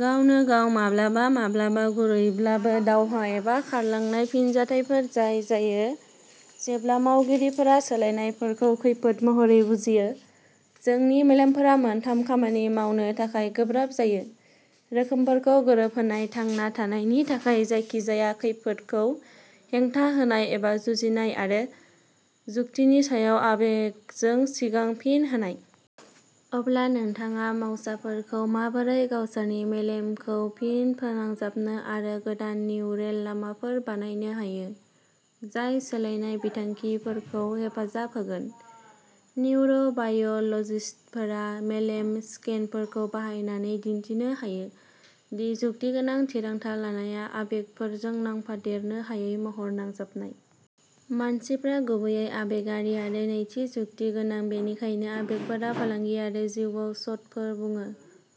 गावनो गाव माब्लाबा माब्लाबा गुरैब्लाबो दावहा एबा खारलांनाय फिनजाथायफोर जाय जायो जेब्ला मावगिरिफोरा सोलायनायफोरखौ खैफोद महरै बुजियो। जोंनि मेलेमफोरा मोनथाम खामानि मावनो थाखाय गोब्राब जायो। रोखोमफोरखौ गोरोबहोनाय थांना थानायनि थाखाय जायखिजाया खैफोदखौ हेंथा होनाय एबा जुजिनाय आरो जुक्तिनि सायाव आबेगजों सिगां फिन होनाय। अब्ला नोंथाङा मावसाफोरखौ माबोरै गावसोरनि मेलेमखौ फिन फोनांजाबनो आरो गोदान निउरेल लामाफोर बानायनो हायो। जाय सोलायनाय बिथांखिफोरखौ हेफाजाब होगोन? निउर' बाय' लजिस्टफोरा मेलेम स्केनफोरखौ बाहायनानै दिन्थिनो हायो। दि जुक्तिगोनां थिरांथा लानायआ आबेगफोरजों नांफादेरनो हायै महरै नांजाबनाय। मानसिफ्रा गुबैयै आबेगारि आरो नैथि जुक्ति गोनां बेनिखायनो आबेगफोरा फालांगि आरो जिउआव शटफोर बुङो।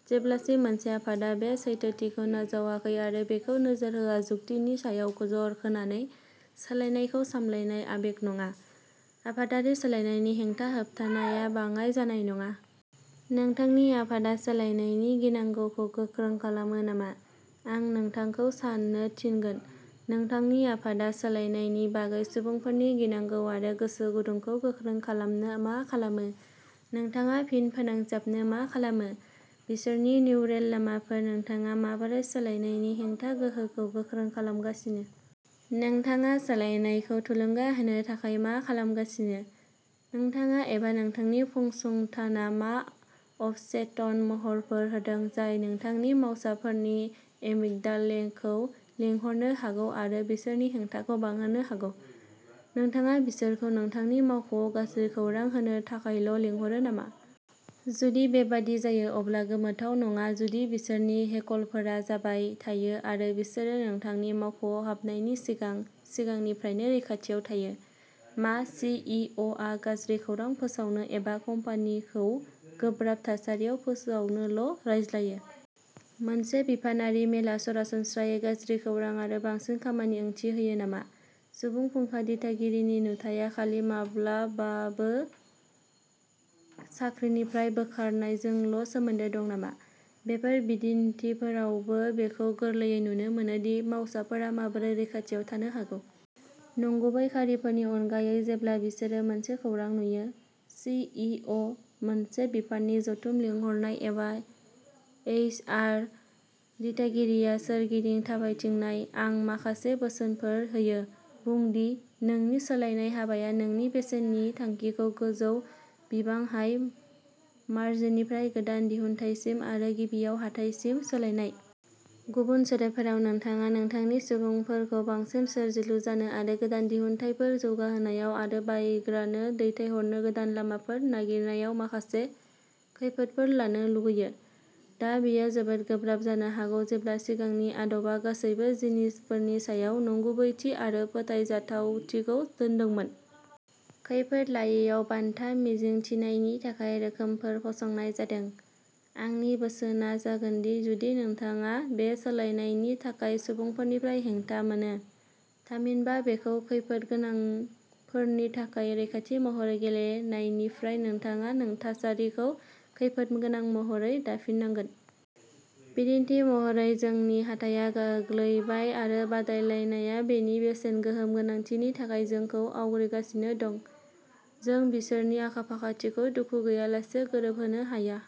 जेब्लासिम मोनसे आफादआ बे सैथोथिखौ नाजावाखै आरो बेखौ नोजोर होआ जुक्तिनि सायाव जर होनानै सोलायनायखौ सामलायनाय आबेग नङा। आफादारि सोलायनायनि हेंथा होबथानाया बाङाइ जानाय नङा। नोंथांनि आफादआ सोलायनायनि गिनांगौखौ गोख्रों खालामो नामा? आं नोंथांखौ साननो थिनगोन। नोंथांनि आफादआ सोलायनायनि बागै सुबुंफोरनि गिनांगौ आरो गोसो गुदुंखौ गोख्रों खालामनो मा खालामो? नोंथाङा फिन फोनांजाबनो मा खालामो? बिसोरनि निउरेल लामाफोर नोंथाङा माबोरै सोलायनायनि हेंथा गोहोखौ गोख्रों खालामगासिनो? नोंथाङा सोलायनायखौ थुलुंगा होनो थाखाय मा खालामगासिनो? नोंथाङा एबा नोंथांनि फसंथाना मा अबचेतन महरफोर होदों जाय नोंथांनि मावसाफोरनि एमिगडालेखौ लिंहरनो हागौ आरो बिसोरनि हेंथाखौ बांहोनो हागौ? नोंथाङा बिसोरखौ नोंथांनि मावख'आव गाज्रि खौरां होनो थाखायल' लिंहरो नामा? जुदि बेबादि जायो अब्ला गोमोथाव नङा जुदि बिसोरनि हेकलफोरा जाबाय थायो आरो बिसोरो नोंथांनि मावख'आव हाबनायनि सिगां सिगांनिफ्रायनो रैखाथियाव थायो। मा सि इ अ आ गाज्रि खौरां फोसावनो एबा कम्पानिखौ गोब्राब थासारियाव फोसावनोल' रायज्लायो? मोनसे बिफानारि मेलआ सरासनस्रायै गाज्रि खौरां आरो बांसिन खामानि ओंथि होयो नामा? सुबुं फुंखा दिथागिरिनि नुथाया खालि माब्लाबाबो साख्रिनिफ्राय बोखारनायजोंल' सोमोन्दो दं नामा? बेफोर बिदिन्थिफोरावबो बेखौ गोरलैयै नुनो मोनो दि मावसाफोरा माबोरै रैखाथियाव थानो हागौ। नंगुबै खारिफोरनि अनगायै जेब्ला बिसोरो मोनसे खौरां नुयो। सि इ अ मोनसे बिफाननि जथुम लिंहरनाय एबा एइच आर दिथागिरिया सोरगिदिं थाबायथिंनाय। आं माखासे बोसोनफोर होयो। बुं दि नोंनि सोलायनाय हाबाया नोंनि बेसेननि थांखिखौ गोजौ बिबां हाय मारजिननिफ्राय गोदान दिहुनथायसिम आरो गिबियाव हाथाइसिम सोलायनाय। गुबुन सोदोबफोराव नोंथाङा नोंथांनि सुबुंफोरखौ बांसिन सोरजिलु जानो आरो गोदान दिहुनथायफोर जौगाहोनायाव आरो बायग्रानो दैथायहरनो गोदान लामाफोर नागिरनायाव माखासे खैफोदफोर लानो लुगैयो। दा बेयो जोबोद गोब्राब जानो हागौ जेब्ला सिगांनि आदबा गासैबो जिनिसफोरनि सायाव नंगुबैथि आरो फोथायजाथावथिखौ दोन्दोंमोन। खैफोद लायैयाव बान्था मिजिंथिनायनि थाखाय रोखोमफोर फसंनाय जादों। आंनि बोसोनआ जागोनदि जुदि नोंथाङा बे सोलायनायनि थाखाय सुबुंफोरनिफ्राय हेंथा मोनो। थामहिनबा बेखौ खैफोद गोनांफोरनि थाखाय रैखाथि महरै गेलेनायनिफ्राय नोंथाङा थासारिखौ खैफोद गोनां महरै दाफिननांगोन। बिदिन्थि महरै जोंनि हाथाया गोग्लैबाय आरो बादायलायनाया बेनि बेसेन गोहोम गोनांथिनि थाखाय जोंखौ आवग्रिगासिनो दं। जों बिसोरनि आखा-फाखाथिखौ दुखु गैयालासे गोरोबहोनो हाया।